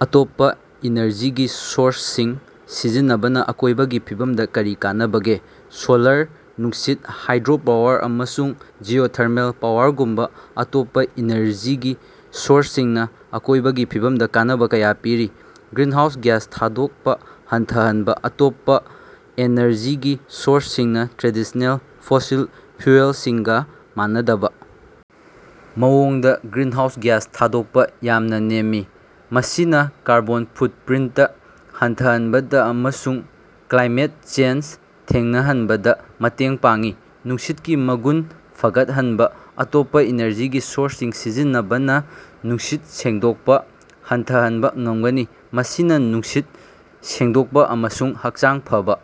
ꯑꯇꯣꯞꯄꯥ ꯏꯅꯔꯖꯤꯒꯤ ꯁꯣꯔꯁꯁꯤꯡ ꯁꯤꯖꯤꯟꯅꯕꯅꯥ ꯑꯀꯣꯏꯕꯒꯤ ꯐꯤꯕꯝꯗꯥ ꯀꯔꯤ ꯀꯥꯟꯅꯕꯒꯦ? ꯁꯣꯂꯥꯔ, ꯅꯨꯡꯁꯤꯠ, ꯍꯥꯏꯗ꯭ꯔꯣꯄꯥꯋꯔ ꯑꯃꯁꯨꯡ ꯖꯤꯑꯣꯊꯔꯃꯦꯜ ꯄꯥꯋꯔꯒꯨꯝꯕꯥ ꯑꯇꯣꯞꯄꯥ ꯏꯅꯔꯖꯤꯒꯤ ꯁꯣꯔꯁꯁꯤꯡꯅꯥ ꯑꯀꯣꯏꯕꯒꯤ ꯐꯤꯕꯝꯗꯥ ꯀꯥꯟꯅꯕꯥ ꯀꯌꯥ ꯄꯤꯔꯤ꯫ ꯒ꯭ꯔꯤꯟꯍꯥꯎꯁ ꯒ꯭ꯌꯥꯁ ꯊꯥꯗꯣꯛꯄꯥ ꯍꯟꯊꯍꯟꯕꯥ: ꯑꯇꯣꯞꯄꯥ ꯑꯦꯅꯔꯖꯤꯒꯤ ꯁꯣꯔꯁꯁꯤꯡꯅꯥ ꯇ꯭ꯔꯦꯗꯤꯁꯅꯦꯜ ꯐꯣꯁꯤꯜ ꯐ꯭ꯌꯨꯑꯦꯜꯁꯤꯡꯒꯥ ꯃꯥꯟꯅꯗꯕꯥ ꯃꯑꯣꯡꯗꯥ ꯒ꯭ꯔꯤꯟꯍꯥꯎꯁ ꯒ꯭ꯌꯥꯁ ꯊꯥꯗꯣꯛꯄꯥ ꯌꯥꯝꯅꯥ ꯅꯦꯝꯃꯤ꯫ ꯃꯁꯤꯅꯥ ꯀꯥꯔꯕꯣꯟ ꯐꯨꯠꯄ꯭ꯔꯤꯟꯇ ꯍꯟꯊꯍꯟꯕꯗꯥ ꯑꯃꯁꯨꯡ ꯀ꯭ꯂꯥꯏꯃꯦꯠ ꯆꯦꯟꯖ ꯊꯦꯡꯅꯍꯟꯕꯗꯥ ꯃꯇꯦꯡ ꯄꯥꯡꯏ꯫ ꯅꯨꯡꯁꯤꯠꯀꯤ ꯃꯒꯨꯟ ꯐꯒꯠꯍꯟꯕꯥ: ꯑꯇꯣꯞꯄꯥ ꯏꯅꯔꯖꯤꯒꯤ ꯁꯣꯔꯁꯁꯤꯡ ꯁꯤꯖꯤꯟꯅꯕꯅꯥ ꯅꯨꯡꯁꯤꯠ ꯁꯦꯡꯗꯣꯛꯄꯥ ꯍꯟꯊꯍꯟꯕꯥ ꯉꯝꯒꯅꯤ, ꯃꯁꯤꯅꯥ ꯅꯨꯡꯁꯤꯠ ꯁꯦꯡꯗꯣꯛꯄꯥ ꯑꯃꯁꯨꯡ ꯍꯛꯆꯥꯡ ꯐꯕꯥ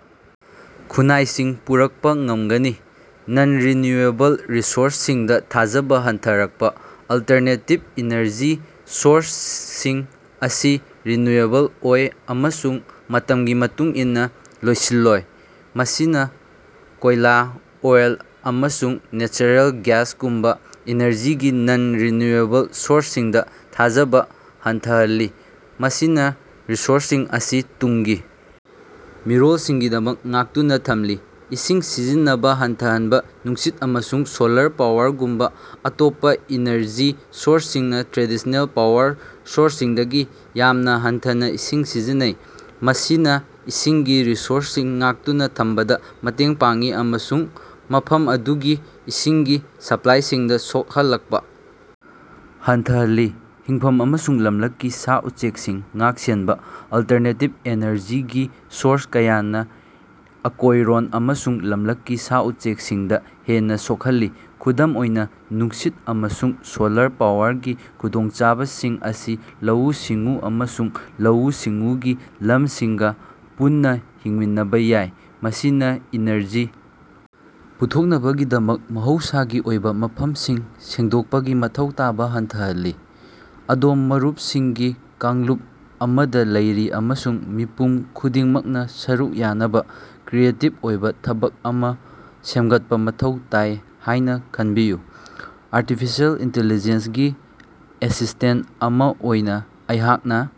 ꯈꯨꯟꯅꯥꯏꯁꯤꯡ ꯄꯨꯔꯛꯄꯥ ꯉꯝꯒꯅꯤ꯫ ꯅꯟ-ꯔꯤꯅ꯭ꯌꯨꯑꯦꯕꯜ ꯔꯤꯁꯣꯔꯁꯁꯤꯡꯗꯥ ꯊꯥꯖꯕꯥ ꯍꯟꯊꯔꯛꯄꯥ: ꯑꯜꯇꯔꯅꯦꯇꯤꯞ ꯏꯅꯔꯖꯤ ꯁꯣꯔꯁꯁꯤꯡ ꯑꯁꯤ ꯔꯤꯅ꯭ꯌꯨꯑꯦꯕꯜ ꯑꯣꯏ ꯑꯃꯁꯨꯡ ꯃꯇꯝꯒꯤ ꯃꯇꯨꯡ ꯏꯟꯅꯥ ꯂꯣꯏꯁꯤꯟꯂꯣꯏ꯫ ꯃꯁꯤꯅꯥ ꯀꯣꯏꯂꯥ, ꯑꯣꯏꯜ, ꯑꯃꯁꯨꯡ ꯅꯦꯆꯔꯦꯜ ꯒ꯭ꯌꯥꯁꯒꯨꯝꯕꯥ ꯏꯅꯔꯖꯤꯒꯤ ꯅꯟ-ꯔꯤꯅ꯭ꯌꯨꯑꯦꯕꯜ ꯁꯣꯔꯁꯁꯤꯡꯗꯥ ꯊꯥꯖꯕꯥ ꯍꯟꯊꯍꯜꯂꯤ, ꯃꯁꯤꯅꯥ ꯔꯤꯁꯣꯔꯁꯁꯤꯡ ꯑꯁꯤ ꯇꯨꯡꯒꯤ ꯃꯤꯔꯣꯜꯁꯤꯡꯒꯤꯗꯃꯛ ꯉꯥꯛꯇꯨꯅꯥ ꯊꯝꯂꯤ꯫ ꯏꯁꯤꯡ ꯁꯤꯖꯤꯟꯅꯕꯥ ꯍꯟꯊꯍꯟꯕꯥ: ꯅꯨꯡꯁꯤꯠ ꯑꯃꯁꯨꯡ ꯁꯣꯂꯥꯔ ꯄꯥꯋꯔꯒꯨꯝꯕꯥ ꯑꯇꯣꯞꯄꯥ ꯏꯅꯔꯖꯤ ꯁꯣꯔꯁꯁꯤꯡꯅꯥ ꯇ꯭ꯔꯦꯗꯤꯁꯅꯦꯜ ꯄꯥꯋꯔ ꯁꯣꯔꯁꯁꯤꯡꯗꯒꯤ ꯌꯥꯝꯅꯥ ꯍꯟꯊꯅꯥ ꯏꯁꯤꯡ ꯁꯤꯖꯤꯟꯅꯩ꯫ ꯃꯁꯤꯅꯥ ꯏꯁꯤꯡꯒꯤ ꯔꯤꯁꯣꯔꯁꯁꯤꯡ ꯉꯥꯛꯇꯨꯅꯥ ꯊꯝꯕꯗꯥ ꯃꯇꯦꯡ ꯄꯥꯡꯏ ꯑꯃꯁꯨꯡ ꯃꯐꯝ ꯑꯗꯨꯒꯤ ꯏꯁꯤꯡꯒꯤ ꯁꯄ꯭ꯂꯥꯏꯁꯤꯡꯗꯥ ꯁꯣꯛꯍꯜꯂꯛꯄꯥ ꯍꯟꯊꯍꯜꯂꯤ꯫ ꯍꯤꯡꯐꯝ ꯑꯃꯁꯨꯡ ꯂꯝꯂꯛꯀꯤ ꯁꯥ-ꯎꯆꯦꯛꯁꯤꯡ ꯉꯥꯛ-ꯁꯦꯟꯕꯥ: ꯑꯜꯇꯔꯅꯦꯇꯤꯚ ꯑꯦꯅꯔꯖꯤꯒꯤ ꯁꯣꯔꯁ ꯀꯌꯥꯅꯥ ꯑꯀꯣꯏꯔꯣꯟ ꯑꯃꯁꯨꯡ ꯂꯝꯂꯛꯀꯤ ꯁꯥ-ꯎꯆꯦꯛꯁꯤꯡꯗꯥ ꯍꯦꯟꯅꯥ ꯁꯣꯛꯍꯜꯂꯤ꯫ ꯈꯨꯗꯝ ꯑꯣꯏꯅꯥ, ꯅꯨꯡꯁꯤꯠ ꯑꯃꯁꯨꯡ ꯁꯣꯂꯥꯔ ꯄꯥꯋꯔꯒꯤ ꯈꯨꯗꯣꯡꯆꯥꯕꯁꯤꯡ ꯑꯁꯤ ꯂꯧꯎ-ꯁꯤꯡꯎ ꯑꯃꯁꯨꯡ ꯂꯧꯎ-ꯁꯤꯡꯎꯒꯤ ꯂꯝꯁꯤꯡꯒꯥ ꯄꯨꯟꯅꯥ ꯍꯤꯡꯃꯤꯟꯅꯕꯥ ꯌꯥꯏ, ꯃꯁꯤꯅꯥ ꯏꯅꯔꯖꯤ ꯄꯨꯊꯣꯛꯅꯕꯒꯤꯗꯃꯛ ꯃꯍꯧꯁꯥꯒꯤ ꯑꯣꯏꯕꯥ ꯃꯐꯝꯁꯤꯡ ꯁꯦꯡꯗꯣꯛꯄꯒꯤ ꯃꯊꯧ ꯇꯥꯕꯥ ꯍꯟꯊꯍꯜꯂꯤ꯫ ꯑꯗꯣꯝ ꯃꯔꯨꯞꯁꯤꯡꯒꯤ ꯀꯥꯡꯂꯨꯞ ꯑꯃꯗꯥ ꯂꯩꯔꯤ ꯑꯃꯁꯨꯡ ꯃꯤꯄꯨꯝ ꯈꯨꯗꯤꯡꯃꯛꯅꯥ ꯁꯔꯨꯛ ꯌꯥꯅꯕꯥ ꯀ꯭ꯔꯤꯌꯦꯇꯤꯕ ꯑꯣꯏꯕꯥ ꯊꯕꯛ ꯑꯃꯥ ꯁꯦꯝꯒꯠꯄꯥ ꯃꯊꯧ ꯇꯥꯏ ꯍꯥꯏꯅꯥ ꯈꯟꯕꯤꯌꯨ꯫ ꯑꯔꯇꯤꯐꯤꯁꯦꯜ ꯏꯟꯇꯤꯂꯤꯖꯦꯟꯁꯒꯤ ꯑꯦꯁꯤꯁꯇꯦꯟꯇ ꯑꯃꯥ ꯑꯣꯏꯅꯥ ꯑꯩꯍꯥꯛꯅꯥ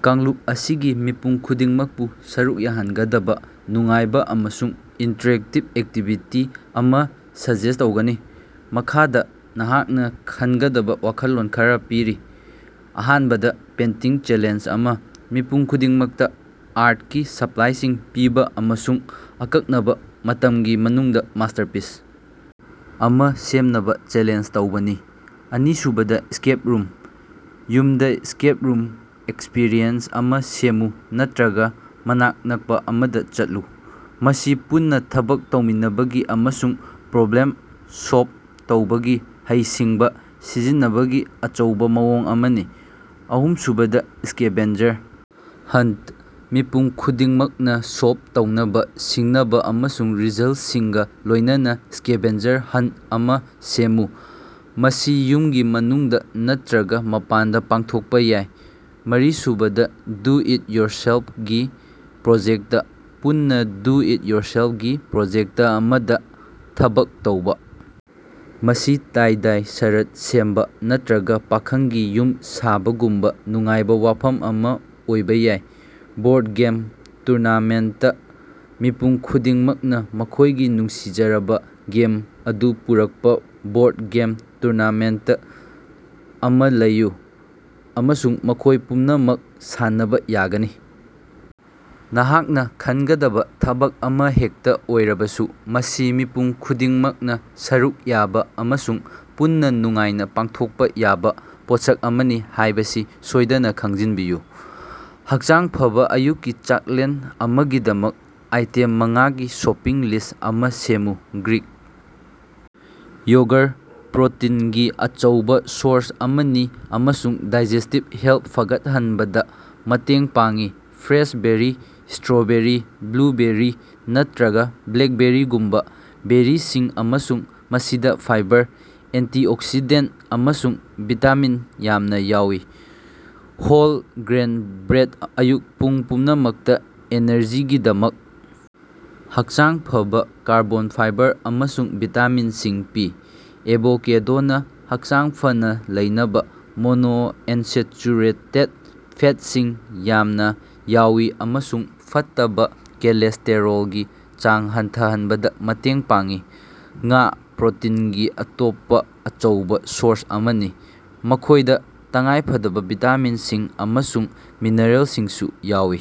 ꯀꯥꯡꯂꯨꯞ ꯑꯁꯤꯒꯤ ꯃꯤꯄꯨꯝ ꯈꯨꯗꯤꯡꯃꯛꯄꯨ ꯁꯔꯨꯛ ꯌꯥꯍꯟꯒꯗꯕꯥ ꯅꯨꯡꯉꯥꯏꯕꯥ ꯑꯃꯁꯨꯡ ꯏꯟꯇ꯭ꯔꯦꯛꯇꯤꯕ ꯑꯦꯛꯇꯤꯕꯤꯇꯤ ꯑꯃꯥ ꯁꯖꯦꯁ ꯇꯧꯒꯅꯤ꯫ ꯃꯈꯥꯗꯥ ꯅꯍꯥꯛꯅꯥ ꯈꯟꯒꯗꯕꯥ ꯋꯥꯈꯜꯂꯣꯟ ꯈꯔꯥ ꯄꯤꯔꯤ: ꯑꯍꯥꯟꯕꯗ ꯄꯦꯟꯇꯤꯡ ꯆꯦꯂꯦꯟꯖ ꯑꯃꯥ: ꯃꯤꯄꯨꯝ ꯈꯨꯗꯤꯡꯃꯛꯇꯥ ꯑꯥꯔꯠꯀꯤ ꯁꯄ꯭ꯂꯥꯏꯁꯤꯡ ꯄꯤꯕꯥ ꯑꯃꯁꯨꯡ ꯑꯀꯛꯅꯕꯥ ꯃꯇꯝꯒꯤ ꯃꯅꯨꯡꯗꯥ ꯃꯥꯁꯇꯔꯄꯤꯁ ꯑꯃꯥ ꯁꯦꯝꯅꯕꯥ ꯆꯦꯂꯦꯟꯖ ꯇꯧꯕꯥꯅꯤ꯫ ꯑꯅꯤꯁꯨꯕꯗ ꯁ꯭ꯀꯦꯞ ꯔꯨꯝ: ꯌꯨꯝꯗꯥ ꯁ꯭ꯀꯦꯞ ꯔꯨꯝ ꯑꯦꯛꯁꯄꯤꯔꯤꯑꯦꯟꯁ ꯑꯃꯥ ꯁꯦꯝꯃꯨ ꯅꯠꯇ꯭ꯔꯒꯥ ꯃꯅꯥꯛ ꯅꯛꯄꯥ ꯑꯃꯗꯥ ꯆꯠꯂꯨ꯫ ꯃꯁꯤ ꯄꯨꯟꯅꯥ ꯊꯕꯛ ꯇꯧꯃꯤꯟꯅꯕꯒꯤ ꯑꯃꯁꯨꯡ ꯄ꯭ꯔꯣꯕ꯭ꯂꯦꯝ ꯁꯣꯜꯕ ꯇꯧꯕꯒꯤ ꯍꯩꯁꯤꯡꯕꯥ ꯁꯤꯖꯤꯟꯅꯕꯒꯤ ꯑꯆꯧꯕꯥ ꯃꯑꯣꯡ ꯑꯃꯅꯤ꯫ ꯑꯍꯨꯝꯁꯨꯕꯗꯥ ꯁ꯭ꯀꯦꯚꯦꯟꯖꯔ ꯍꯟꯇ: ꯃꯤꯄꯨꯝ ꯈꯨꯗꯤꯡꯃꯛꯅꯥ ꯁꯣꯜꯕ ꯇꯧꯅꯕꯥ ꯁꯤꯡꯅꯕꯥ ꯑꯃꯁꯨꯡ ꯔꯤꯖꯜꯁꯤꯡꯒꯥ ꯂꯣꯏꯅꯅꯥ ꯁ꯭ꯀꯦꯚꯦꯟꯖꯔ ꯍꯟꯇ ꯑꯃꯥ ꯁꯦꯝꯃꯨ꯫ ꯃꯁꯤ ꯌꯨꯝꯒꯤ ꯃꯅꯨꯡꯗꯥ ꯅꯠꯇ꯭ꯔꯒꯥ ꯃꯄꯥꯟꯗꯥ ꯄꯥꯡꯊꯣꯛꯄꯥ ꯌꯥꯏ꯫ ꯃꯔꯤꯁꯨꯕꯗ ꯗꯨ ꯏꯠ ꯌꯣꯔꯁꯦꯜꯄꯒꯤ ꯄ꯭ꯔꯣꯖꯦꯛꯇ: ꯄꯨꯟꯅꯥ ꯗꯨ ꯏꯠ ꯌꯣꯔꯁꯦꯜꯄꯒꯤ ꯄ꯭ꯔꯣꯖꯦꯛꯇ ꯑꯃꯗꯥ ꯊꯕꯛ ꯇꯧꯕꯥ꯫ ꯃꯁꯤ ꯇꯥꯏ-ꯗꯥꯏ ꯁꯔꯠ ꯁꯦꯝꯕꯥ ꯅꯠꯇ꯭ꯔꯒꯥ ꯄꯥꯈꯪꯒꯤ ꯌꯨꯝ ꯁꯥꯕꯒꯨꯝꯕꯥ ꯅꯨꯡꯉꯥꯏꯕꯥ ꯋꯥꯐꯝ ꯑꯃꯥ ꯑꯣꯏꯕꯥ ꯌꯥꯏ꯫ ꯕꯣꯔꯗ ꯒꯦꯝ ꯇꯨꯔꯅꯥꯃꯦꯟꯇ: ꯃꯤꯄꯨꯝ ꯈꯨꯗꯤꯡꯃꯛꯅꯥ ꯃꯈꯣꯏꯒꯤ ꯅꯨꯡꯁꯤꯖꯔꯕꯥ ꯒꯦꯝ ꯑꯗꯨ ꯄꯨꯔꯛꯄꯥ ꯕꯣꯔꯗ ꯒꯦꯝ ꯇꯨꯔꯅꯥꯃꯦꯟꯇ ꯑꯃꯥ ꯂꯩꯌꯨ, ꯑꯃꯁꯨꯡ ꯃꯈꯣꯏ ꯄꯨꯝꯅꯃꯛ ꯁꯥꯟꯅꯕꯥ ꯌꯥꯒꯅꯤ꯫ ꯅꯍꯥꯛꯅꯥ ꯈꯟꯒꯗꯕꯥ ꯊꯕꯛ ꯑꯃꯥ ꯍꯦꯛꯇꯥ ꯑꯣꯏꯔꯕꯁꯨ, ꯃꯁꯤ ꯃꯤꯄꯨꯝ ꯈꯨꯗꯤꯡꯃꯛꯅꯥ ꯁꯔꯨꯛ ꯌꯥꯕꯥ ꯑꯃꯁꯨꯡ ꯄꯨꯟꯅꯥ ꯅꯨꯡꯉꯥꯏꯅꯥ ꯄꯥꯡꯊꯣꯛꯄꯥ ꯌꯥꯕꯥ ꯄꯣꯠꯁꯛ ꯑꯃꯅꯤ ꯍꯥꯏꯕꯁꯤ ꯁꯣꯏꯗꯅꯥ ꯈꯪꯖꯤꯟꯕꯤꯌꯨ꯫ ꯍꯛꯆꯥꯡ ꯐꯕꯥ ꯑꯌꯨꯛꯀꯤ ꯆꯥꯛꯂꯦꯟ ꯑꯃꯒꯤꯗꯃꯛ ꯑꯥꯏꯇꯦꯝ ꯃꯉꯥꯒꯤ ꯁꯣꯄꯤꯡ ꯂꯤꯁ ꯑꯃꯥ ꯁꯦꯝꯃꯨ꯫ ꯒ꯭ꯔꯤꯛ ꯌꯣꯒꯔ ꯄ꯭ꯔꯣꯇꯤꯟꯒꯤ ꯑꯆꯧꯕꯥ ꯁꯣꯔꯁ ꯑꯃꯅꯤ ꯑꯃꯁꯨꯡ ꯗꯥꯏꯖꯦꯁꯇꯤꯚ ꯍꯦꯜꯊ ꯐꯒꯠꯍꯟꯕꯗꯥ ꯃꯇꯦꯡ ꯄꯥꯡꯏ ꯐ꯭ꯔꯦꯁ ꯕꯦꯔꯤ ꯏꯁꯇ꯭ꯔꯣꯕꯦꯔꯤ, ꯕ꯭ꯂꯨꯕꯦꯔꯤ ꯅꯠꯇ꯭ꯔꯒꯥ ꯕ꯭ꯂꯦꯛꯕꯦꯔꯤꯒꯨꯝꯕꯥ ꯕꯦꯔꯤꯁꯤꯡ ꯑꯃꯁꯨꯡ ꯃꯁꯤꯗꯥ ꯐꯥꯏꯕꯔ, ꯑꯦꯟꯇꯤꯑꯣꯛꯁꯤꯗꯦꯟꯇ ꯑꯃꯁꯨꯡ ꯚꯤꯇꯥꯃꯤꯟ ꯌꯥꯝꯅꯥ ꯌꯥꯎꯏ꯫ ꯍꯣꯜ ꯒ꯭ꯔꯦꯟ ꯕ꯭ꯔꯦꯗ ꯑꯌꯨꯛ ꯄꯨꯡ ꯄꯨꯝꯅꯃꯛꯇꯥ ꯑꯦꯅꯔꯖꯤꯒꯤꯗꯃꯛ ꯍꯛꯆꯥꯡ ꯐꯕꯥ ꯀꯥꯔꯕꯣꯟ, ꯐꯥꯏꯕꯔ ꯑꯃꯁꯨꯡ ꯚꯤꯇꯥꯃꯤꯟꯁꯤꯡ ꯄꯤ꯫ ꯑꯦꯚꯣꯀꯦꯗꯣꯅ ꯍꯛꯆꯥꯡ ꯐꯅꯥ ꯂꯩꯅꯕꯥ ꯃꯣꯅꯣꯑꯟꯁꯦꯆꯨꯔꯦꯇꯦꯗ ꯐꯦꯠꯁꯤꯡ ꯌꯥꯝꯅꯥ ꯌꯥꯎꯏ ꯑꯃꯁꯨꯡ ꯐꯠꯇꯕꯥ ꯀꯣꯂꯦꯁꯇꯦꯔꯣꯜꯒꯤ ꯆꯥꯡ ꯍꯟꯊꯍꯟꯕꯗꯥ ꯃꯇꯦꯡ ꯄꯥꯡꯏ꯫ ꯉꯥ – ꯄ꯭ꯔꯣꯇꯤꯟꯒꯤ ꯑꯇꯣꯞꯄꯥ ꯑꯆꯧꯕꯥ ꯁꯣꯔꯁ ꯑꯃꯅꯤ, ꯃꯈꯣꯏꯗꯥ ꯇꯉꯥꯏꯐꯗꯕꯥ ꯚꯤꯇꯥꯃꯤꯟꯁꯤꯡ ꯑꯃꯁꯨꯡ ꯃꯤꯅꯔꯦꯜꯁꯤꯡꯁꯨ ꯌꯥꯎꯏ꯫